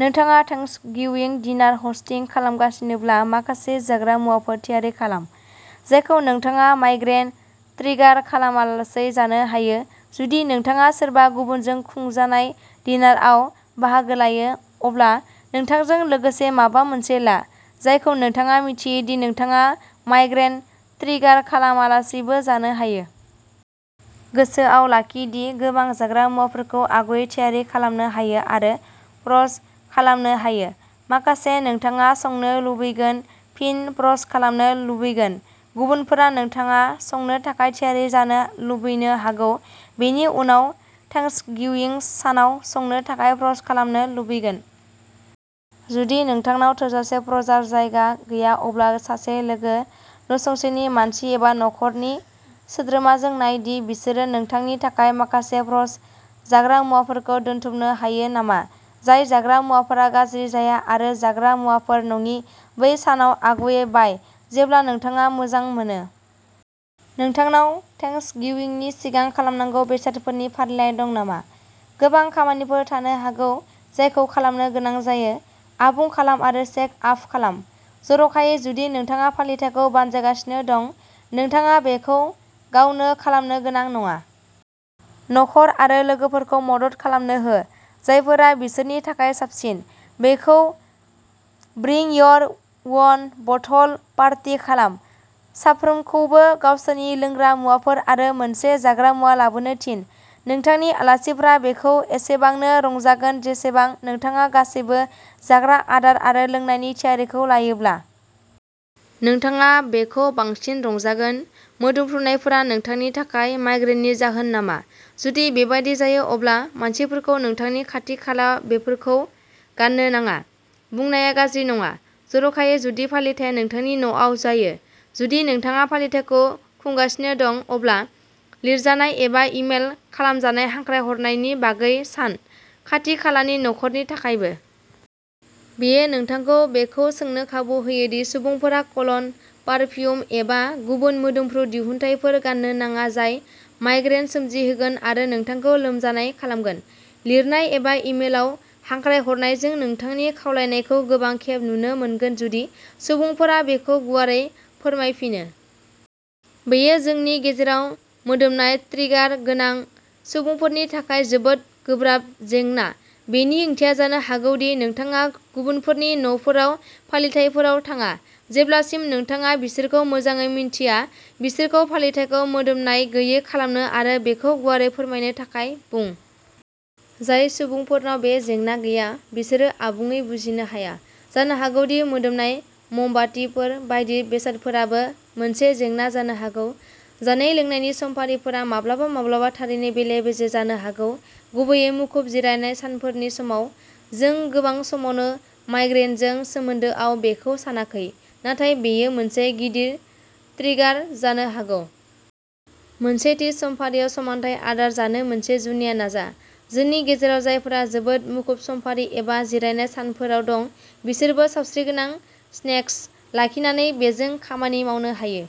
नोंथाङा Thanksgiving dinner hosting खालामगासिनोब्ला माखासे जाग्रा मुवाफोर थियारि खालाम, जायखौ नोंथाङा माइग्रेन ट्रिगार खालामालासै जानो हायो। जुदि नोंथाङा सोरबा गुबुनजों खुंजानाय डिनारआव बाहागो लायो, अब्ला नोंथांजों लोगोसे माबा मोनसे ला, जायखौ नोंथाङा मिथियो दि नोंथाङा माइग्रेन ट्रिगार खालामालासैबो जानो हायो। गोसोआव लाखि दि गोबां जाग्रा मुवाफोरखौ आगुयै थियारि खालामनो हायो आरो फ्र'ज खालामनो हायो। माखासे, नोंथाङा संनो लुबैगोन, फिन फ्र'ज खालामनो लुबैगोन, गुबुनफोरा नोंथाङा संनो थाखाय थियारि जानो लुबैनो हागौ, बेनि उनाव थेंक्सगिविं सानाव संनो थाखाय फ्र'ज खालामनो लुबैगोन। जुदि नोंथांनाव थोजासे फ्र'जार जायगा गैया अब्ला सासे लोगो, नसुंसेनि मानसि एबा नखरनि सोद्रोमाजों नाय दि बिसोरो नोंथांनि थाखाय माखासे फ्र'ज जाग्रा मुवाफोरखौ दोनथुमनो हायो नामा। जाय जाग्रा मुवाफोरा गाज्रि जाया आरो जाग्रा मुवाफोर नङि, बै सानाव आगुयै बाय, जेब्ला नोंथाङा मोजां मोनो। नोंथांनाव थेंक्सगिविंनि सिगां खालामनांगौ बेसादफोरनि फारिलाइ दं नामा? गोबां खामानिफोर थानो हागौ, जायखौ खालामनो गोनां जायो। आबुं खालाम आरो चेक आफ खालाम, जर'खायै जुदि नोंथाङा फालिथायखौ बानजायगासिनो दं। नोंथाङा बेखौ गावनो खालामनो गोनां नङा। नखर आरो लोगोफोरखौ मदद खालामनो हो। जायफोरा बिसोरनि थाखाय साबसिन। बेखौ bring your own bottle party खालाम। साफ्रोमखौबो गावसोरनि लोंग्रा मुवाफोर आरो मोनसे जाग्रा मुवा लाबोनो थिन। नोंथांनि आलासिफोरा बेखौ एसेबांनो रंजागोन जेसेबां नोंथाङा गासैबो जाग्रा आदार आरो लोंनायनि थियारिखौ लायोब्ला। नोंथाङा बेखौ बांसिन रंजागोन। मोदोमफ्रुनायफोरा नोंथांनि थाखाय माइग्रेननि जाहोन नामा? जुदि बेबादि जायो अब्ला मानसिफोरखौ नोंथांनि खाथि खालायाव बेफोरखौ गान्नो नाङा बुंनाया गाज्रि नङा, जर'खायै जुदि फालिथाया नोंथांनि न'आव जायो। जुदि नोंथाङा फालिथायखौ खुंगासिनो दं, अब्ला लिरजानाय एबा इमेल खालामजानाय हांख्रायहरनायनि बागै सान, खाथि-खालानि नखरनि थाखायबो। बेयो नोंथांखौ बेखौ सोंनो खाबु होयो दि सुबुंफोरा कल'न, पारफिउम एबा गुबुन मोदोमफ्रु दिहुनथायफोर गान्नो नाङा जाय माइग्रेन सोमजिहोगोन आरो नोंथांखौ लोमजानाय खालामगोन। लिरनाय एबा इमेलआव हांख्रायहरनायजों नोंथांनि खावलायनायखौ गोबां खेब नुनो मोनगोन जुदि सुबुंफोरा बेखौ गुवारै फोरमायफिनो। बेयो जोंनि गेजेराव मोदोमनाय ट्रिगार गोनां सुबुंफोरनि थाखाय जोबोद गोब्राब जेंना। बेनि ओंथिया जानो हागौ दि नोंथाङा गुबुनफोरनि न'फोराव फालिथाइफोराव थाङा, जेब्लासिम नोंथाङा बिसोरखौ मोजाङै मिन्थिया, बिसोरखौ फालिथायखौ मोदोमनाय गैयै खालामनो आरो बेखौ गुवारै फोरमायनो थाखाय बुं। जाय सुबुंफोरनाव बे जेंना गैया, बिसोरो आबुङै बुजिनो हाया जानो हागौ दि मोदोमनाय ममबातिफोर बायदि बेसादफोराबो मोनसे जेंना जानो हागौ। जानाय-लोंनायनि समफारिफोरा माब्लाबा-माब्लाबा थारैनो बेले-बेजे जानो हागौ, गुबैयै मुखुब जिरायनाय सानफोरनि समाव। जों गोबां समावनो माइग्रेनजों सोमोन्दोआव बेखौ सानाखै, नाथाय बेयो मोनसे गिदिर ट्रिगार जानो हागौ। मोनसे थि समफारियाव समानथाय आदार जानो मोनसे जुनिया नाजा। जोंनि गेजेराव जायफोरा जोबोद मुखुब समफारि एबा जिरायनाय सानफोराव दं, बिसोरबो सावस्रिगोनां स्नेक्स लाखिनानै बेजों खामानि मावनो हायो।